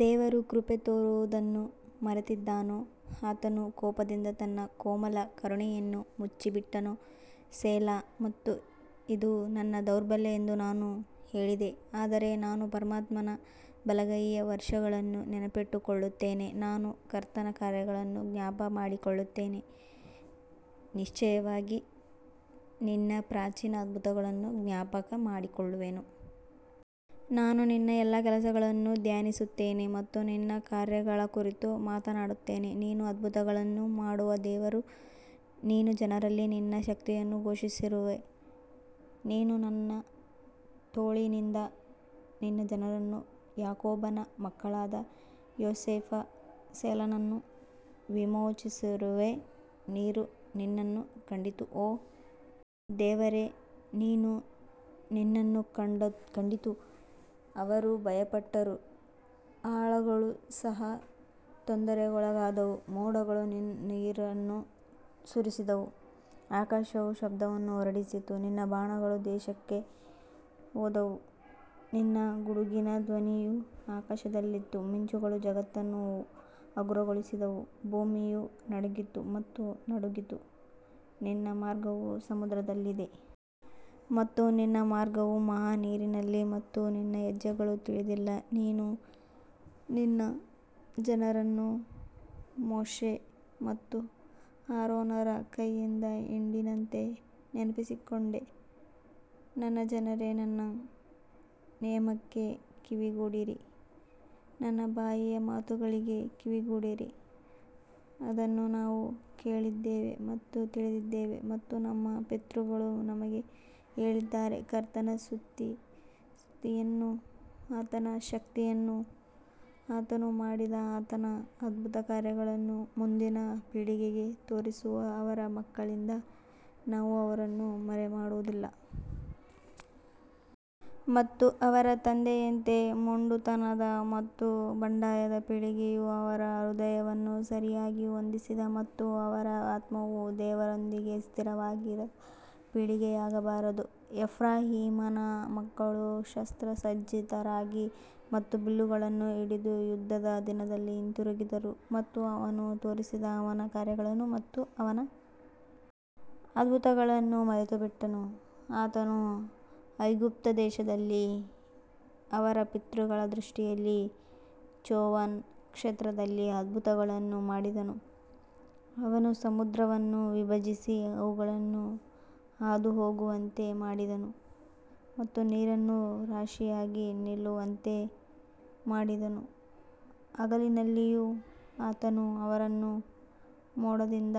ದೇವರು ಕೃಪೆ ತೋರುವುದನ್ನು ಮರೆತಿದ್ದಾನೋ, ಆತನು ಕೋಪದಿಂದ ತನ್ನ ಕೋಮಲ ಕರುಣೆಯನ್ನು ಮುಚ್ಚಿಬಿಟ್ಟನೋ ಸೆಲಾ ಮತ್ತು ಇದು ನನ್ನ ದೌರ್ಬಲ್ಯ ಎಂದು ನಾನು ಹೇಳಿದೆ ಆದರೆ ನಾನು ಪರಮಾತ್ಮನ ಬಲಗೈಯ ವರ್ಷಗಳನ್ನು ನೆನಪಿಸಿಕೊಳ್ಳುತ್ತೇನೆ ನಾನು ಕರ್ತನ ಕಾರ್ಯಗಳನ್ನು ಜ್ಞಾಪಕಮಾಡಿಕೊಳ್ಳುವೆನು, ನಿಶ್ಚಯವಾಗಿ ನಿನ್ನ ಪ್ರಾಚೀನ ಅದ್ಭುತಗಳನ್ನು ಜ್ಞಾಪಕಮಾಡಿಕೊಳ್ಳುವೆನು ನಾನು ನಿನ್ನ ಎಲ್ಲಾ ಕೆಲಸಗಳನ್ನು ಧ್ಯಾನಿಸುತ್ತೇನೆ ಮತ್ತು ನಿನ್ನ ಕಾರ್ಯಗಳ ಕುರಿತು ಮಾತನಾಡುತ್ತೇನೆ ನೀನು ಅದ್ಭುತಗಳನ್ನು ಮಾಡುವ ದೇವರು, ನೀನು ಜನರಲ್ಲಿ ನಿನ್ನ ಶಕ್ತಿಯನ್ನು ಘೋಷಿಸಿರುವೆ ನೀನು ನಿನ್ನ ತೋಳಿನಿಂದ ನಿನ್ನ ಜನರನ್ನು ಯಾಕೋಬನ ಮಕ್ಕಳಾದ ಯೋಸೇಫ ಸೆಲಾನನ್ನು ವಿಮೋಚಿಸಿರುವೆ ನೀರು ನಿನ್ನನ್ನು ಕಂಡಿತು ಓ ದೇವರೇ ನೀರು ನಿನ್ನನ್ನು ಕಂಡಿತು ಅವರು ಭಯಪಟ್ಟರು ಆಳಗಳು ಸಹ ತೊಂದರೆಗೊಳಗಾದವು ಮೋಡಗಳು ನೀರನ್ನು ಸುರಿಸಿದವು ಆಕಾಶವು ಶಬ್ದವನ್ನು ಹೊರಡಿಸಿತು ನಿನ್ನ ಬಾಣಗಳೂ ವಿದೇಶಕ್ಕೆ ಹೋದವು ನಿನ್ನ ಗುಡುಗಿನ ಧ್ವನಿಯು ಆಕಾಶದಲ್ಲಿತ್ತು ಮಿಂಚುಗಳು ಜಗತ್ತನ್ನು ಹಗುರಗೊಳಿಸಿದವು ಭೂಮಿಯು ನಡುಗಿತು ಮತ್ತು ನಡುಗಿತು ನಿನ್ನ ಮಾರ್ಗವು ಸಮುದ್ರದಲ್ಲಿದೆ ಮತ್ತು ನಿನ್ನ ಮಾರ್ಗವು ಮಹಾ ನೀರಿನಲ್ಲಿ ಮತ್ತು ನಿನ್ನ ಹೆಜ್ಜೆಗಳು ತಿಳಿದಿಲ್ಲ ನೀನು ನಿನ್ನ ಜನರನ್ನು ಮೋಶೆ ಮತ್ತು ಆರೋನರ ಕೈಯಿಂದ ಹಿಂಡಿನಂತೆ ನಡೆಸಿಕೊಂಡೆ ನನ್ನ ಜನರೇ, ನನ್ನ ನಿಯಮಕ್ಕೆ ಕಿವಿಗೊಡಿರಿ, ನನ್ನ ಬಾಯಿಯ ಮಾತುಗಳಿಗೆ ಕಿವಿಗೊಡಿರಿ ಅದನ್ನು ನಾವು ಕೇಳಿದ್ದೇವೆ ಮತ್ತು ತಿಳಿದಿದ್ದೇವೆ ಮತ್ತು ನಮ್ಮ ಪಿತೃಗಳು ನಮಗೆ ಹೇಳಿದ್ದಾರೆ ಕರ್ತನ ಸ್ತುತಿಯನ್ನೂ ಆತನ ಶಕ್ತಿಯನ್ನೂ ಆತನು ಮಾಡಿದ ಆತನ ಅದ್ಭುತಕಾರ್ಯಗಳನ್ನೂ ಮುಂದಿನ ಪೀಳಿಗೆಗೆ ತೋರಿಸುವ ಅವರ ಮಕ್ಕಳಿಂದ ನಾವು ಅವರನ್ನು ಮರೆಮಾಡುವುದಿಲ್ಲ. ಮತ್ತು ಅವರ ತಂದೆಯಂತೆ ಮೊಂಡುತನದ ಮತ್ತು ಬಂಡಾಯದ ಪೀಳಿಗೆಯು ಅವರ ಹೃದಯವನ್ನು ಸರಿಯಾಗಿ ಹೊಂದಿಸದ ಮತ್ತು ಅವರ ಆತ್ಮವು ದೇವರೊಂದಿಗೆ ಸ್ಥಿರವಾಗಿರದ ಪೀಳಿಗೆಯಾಗಿರಬಾರದು. ಎಫ್ರಾಯೀಮನ ಮಕ್ಕಳು ಶಸ್ತ್ರಸಜ್ಜಿತರಾಗಿ ಮತ್ತು ಬಿಲ್ಲುಗಳನ್ನು ಹಿಡಿದು ಯುದ್ಧದ ದಿನದಲ್ಲಿ ಹಿಂತಿರುಗಿದರು ಮತ್ತು ಅವನು ತೋರಿಸಿದ ಅವನ ಕಾರ್ಯಗಳನ್ನು ಮತ್ತು ಅವನ ಅದ್ಭುತಗಳನ್ನು ಮರೆತುಬಿಟ್ಟನು ಆತನು ಐಗುಪ್ತದೇಶದಲ್ಲಿ ಅವರ ಪಿತೃಗಳ ದೃಷ್ಟಿಯಲ್ಲಿ ಚೋವನ್ ಕ್ಷೇತ್ರದಲ್ಲಿ ಅದ್ಭುತಗಳನ್ನು ಮಾಡಿದನು ಅವನು ಸಮುದ್ರವನ್ನು ವಿಭಜಿಸಿ ಅವುಗಳನ್ನು ಹಾದುಹೋಗುವಂತೆ ಮಾಡಿದನು ಮತ್ತು ನೀರನ್ನು ರಾಶಿಯಾಗಿ ನಿಲ್ಲುವಂತೆ ಮಾಡಿದನು ಹಗಲಿನಲ್ಲಿಯೂ ಆತನು ಅವರನ್ನು ಮೋಡದಿಂದ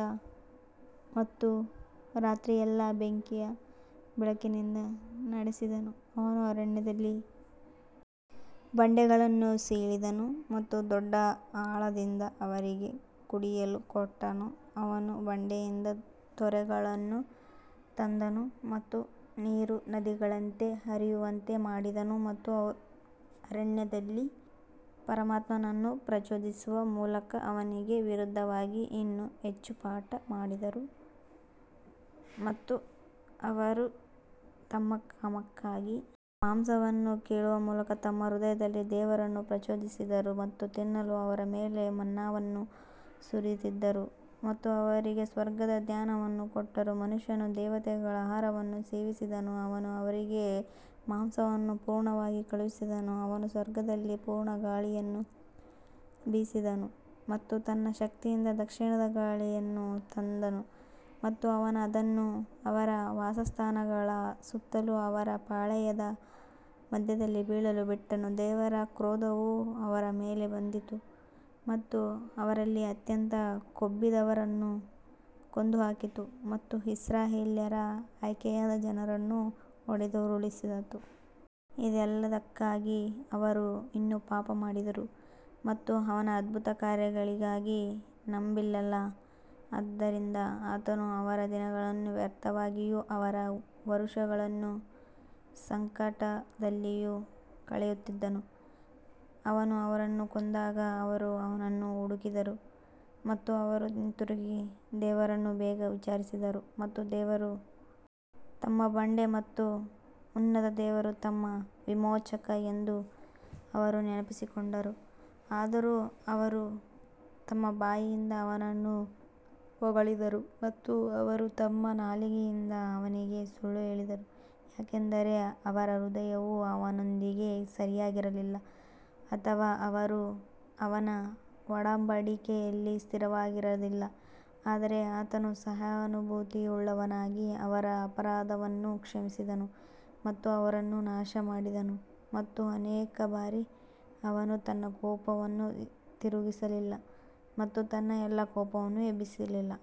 ಮತ್ತು ರಾತ್ರಿಯೆಲ್ಲಾ ಬೆಂಕಿಯ ಬೆಳಕಿನಿಂದ ನಡೆಸಿದನು ಅವನು ಅರಣ್ಯದಲ್ಲಿ ಬಂಡೆಗಳನ್ನು ಸೀಳಿದನು ಮತ್ತು ದೊಡ್ಡ ಆಳದಿಂದ ಅವರಿಗೆ ಕುಡಿಯಲು ಕೊಟ್ಟನು ಅವನು ಬಂಡೆಯಿಂದ ತೊರೆಗಳನ್ನು ತಂದನು ಮತ್ತು ನೀರು ನದಿಗಳಂತೆ ಹರಿಯುವಂತೆ ಮಾಡಿದನು ಮತ್ತು ಅವರು ಅರಣ್ಯದಲ್ಲಿ ಪರಮಾತ್ಮನನ್ನು ಪ್ರಚೋದಿಸುವ ಮೂಲಕ ಅವನಿಗೆ ವಿರುದ್ಧವಾಗಿ ಇನ್ನೂ ಹೆಚ್ಚು ಪಾಪ ಮಾಡಿದರು ಮತ್ತು ಅವರು ತಮ್ಮ ಕಾಮಕ್ಕಾಗಿ ಮಾಂಸವನ್ನು ಕೇಳುವ ಮೂಲಕ ತಮ್ಮ ಹೃದಯದಲ್ಲಿ ದೇವರನ್ನು ಪ್ರಚೋದಿಸಿದರು ಮತ್ತು ತಿನ್ನಲು ಅವರ ಮೇಲೆ ಮನ್ನಾವನ್ನು ಸುರಿಸಿದ್ದರು ಮತ್ತು ಅವರಿಗೆ ಸ್ವರ್ಗದ ಧಾನ್ಯವನ್ನು ಕೊಟ್ಟರು ಮನುಷ್ಯನು ದೇವತೆಗಳ ಆಹಾರವನ್ನು ಸೇವಿಸಿದನು, ಅವನು ಅವರಿಗೆ ಮಾಂಸವನ್ನು ಪೂರ್ಣವಾಗಿ ಕಳುಹಿಸಿದನು ಅವನು ಸ್ವರ್ಗದಲ್ಲಿ ಪೂರ್ವ ಗಾಳಿಯನ್ನು ಬೀಸಿದನು ಮತ್ತು ತನ್ನ ಶಕ್ತಿಯಿಂದ ದಕ್ಷಿಣದ ಗಾಳಿಯನ್ನು ತಂದನು ಮತ್ತು ಅವನು ಅದನ್ನು ಅವರ ವಾಸಸ್ಥಾನಗಳ ಸುತ್ತಲೂ ಅವರ ಪಾಳೆಯದ ಮಧ್ಯದಲ್ಲಿ ಬೀಳಲು ಬಿಟ್ಟನು ದೇವರ ಕ್ರೋಧವು ಅವರ ಮೇಲೆ ಬಂದಿತು ಮತ್ತು ಅವರಲ್ಲಿ ಅತ್ಯಂತ ಕೊಬ್ಬಿದವರನ್ನು ಕೊಂದುಹಾಕಿತು ಮತ್ತು ಇಸ್ರಾಯೇಲ್ಯರ ಆಯ್ಕೆಯಾದ ಜನರನ್ನು ಹೊಡೆದುರುಳಿಸಿತು. ಇದೆಲ್ಲದಕ್ಕಾಗಿ ಅವರು ಇನ್ನೂ ಪಾಪ ಮಾಡಿದರು ಮತ್ತು ಅವನ ಅದ್ಭುತ ಕಾರ್ಯಗಳಿಗಾಗಿ ನಂಬಲಿಲ್ಲ ಆದದರಿಂದ ಆತನು ಅವರ ದಿನಗಳನ್ನು ವ್ಯರ್ಥವಾಗಿಯೂ ಅವರ ವರುಷಗಳನ್ನು ಸಂಕಟದಲ್ಲಿಯೂ ಕಳೆಯುತ್ತಿದ್ದನು ಅವನು ಅವರನ್ನು ಕೊಂದಾಗ ಅವರು ಅವನನ್ನು ಹುಡುಕಿದರು ಮತ್ತು ಅವರು ಹಿಂತಿರುಗಿ ದೇವರನ್ನು ಬೇಗ ವಿಚಾರಿಸಿದರು ಮತ್ತು ದೇವರು ತಮ್ಮ ಬಂಡೆ ಮತ್ತು ಉನ್ನತ ದೇವರು ತಮ್ಮ ವಿಮೋಚಕ ಎಂದು ಅವರು ನೆನಪಿಸಿಕೊಂಡರು ಆದರೂ ಅವರು ತಮ್ಮ ಬಾಯಿಂದ ಅವನನ್ನು ಹೊಗಳಿದರು ಮತ್ತು ಅವರು ತಮ್ಮ ನಾಲಿಗೆಯಿಂದ ಅವನಿಗೆ ಸುಳ್ಳು ಹೇಳಿದರು ಯಾಕಂದರೆ ಅವರ ಹೃದಯವು ಅವನೊಂದಿಗೆ ಸರಿಯಾಗಿರಲಿಲ್ಲ ಅಥವಾ ಅವರು ಅವನ ಒಡಂಬಡಿಕೆಯಲ್ಲಿ ಸ್ಥಿರವಾಗಿರಲಿಲ್ಲ ಆದರೆ ಆತನು ಸಹಾನುಭೂತಿಯುಳ್ಳವನಾಗಿ ಅವರ ಅಪರಾಧವನ್ನು ಕ್ಷಮಿಸಿದನು ಮತ್ತು ಅವರನ್ನು ನಾಶಮಾಡಿದನು ಮತ್ತು ಅನೇಕ ಬಾರಿ ಅವನು ತನ್ನ ಕೋಪವನ್ನು ತಿರುಗಿಸಲಿಲ್ಲ ಮತ್ತು ತನ್ನ ಎಲ್ಲಾ ಕೋಪವನ್ನು ಎಬ್ಬಿಸಲಿಲ್ಲ.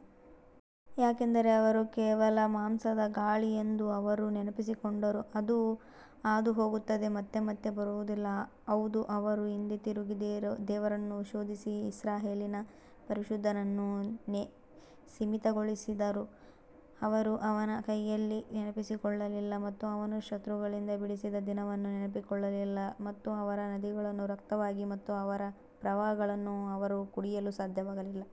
ಯಾಕಂದರೆ ಅವರು ಕೇವಲ ಮಾಂಸದ ಗಾಳಿ ಎಂದು ಅವರು ನೆನಪಿಸಿಕೊಂಡರು, ಅದು ಹಾದುಹೋಗುತ್ತದೆ ಮತ್ತು ಮತ್ತೆ ಬರುವುದಿಲ್ಲ ಹೌದು ಅವರು ಹಿಂದೆ ತಿರುಗಿ ದೇವರನ್ನು ಶೋಧಿಸಿ ಇಸ್ರಾಯೇಲಿನ ಪರಿಶುದ್ಧನನ್ನು ಸೀಮಿತಗೊಳಿಸಿದರು ಅವರು ಅವನ ಕೈಯನ್ನು ನೆನಪಿಸಿಕೊಳ್ಳಲಿಲ್ಲ ಮತ್ತು ಅವನು ಶತ್ರುಗಳಿಂದ ಬಿಡಿಸಿದ ದಿನವನ್ನು ನೆನಪಿಸಿಕೊಳ್ಳಲಿಲ್ಲ ಮತ್ತು ಅವರ ನದಿಗಳನ್ನು ರಕ್ತವಾಗಿ ಮತ್ತು ಅವರ ಪ್ರವಾಹಗಳನ್ನು ಅವರು ಕುಡಿಯಲು ಸಾಧ್ಯವಾಗಲಿಲ್ಲ.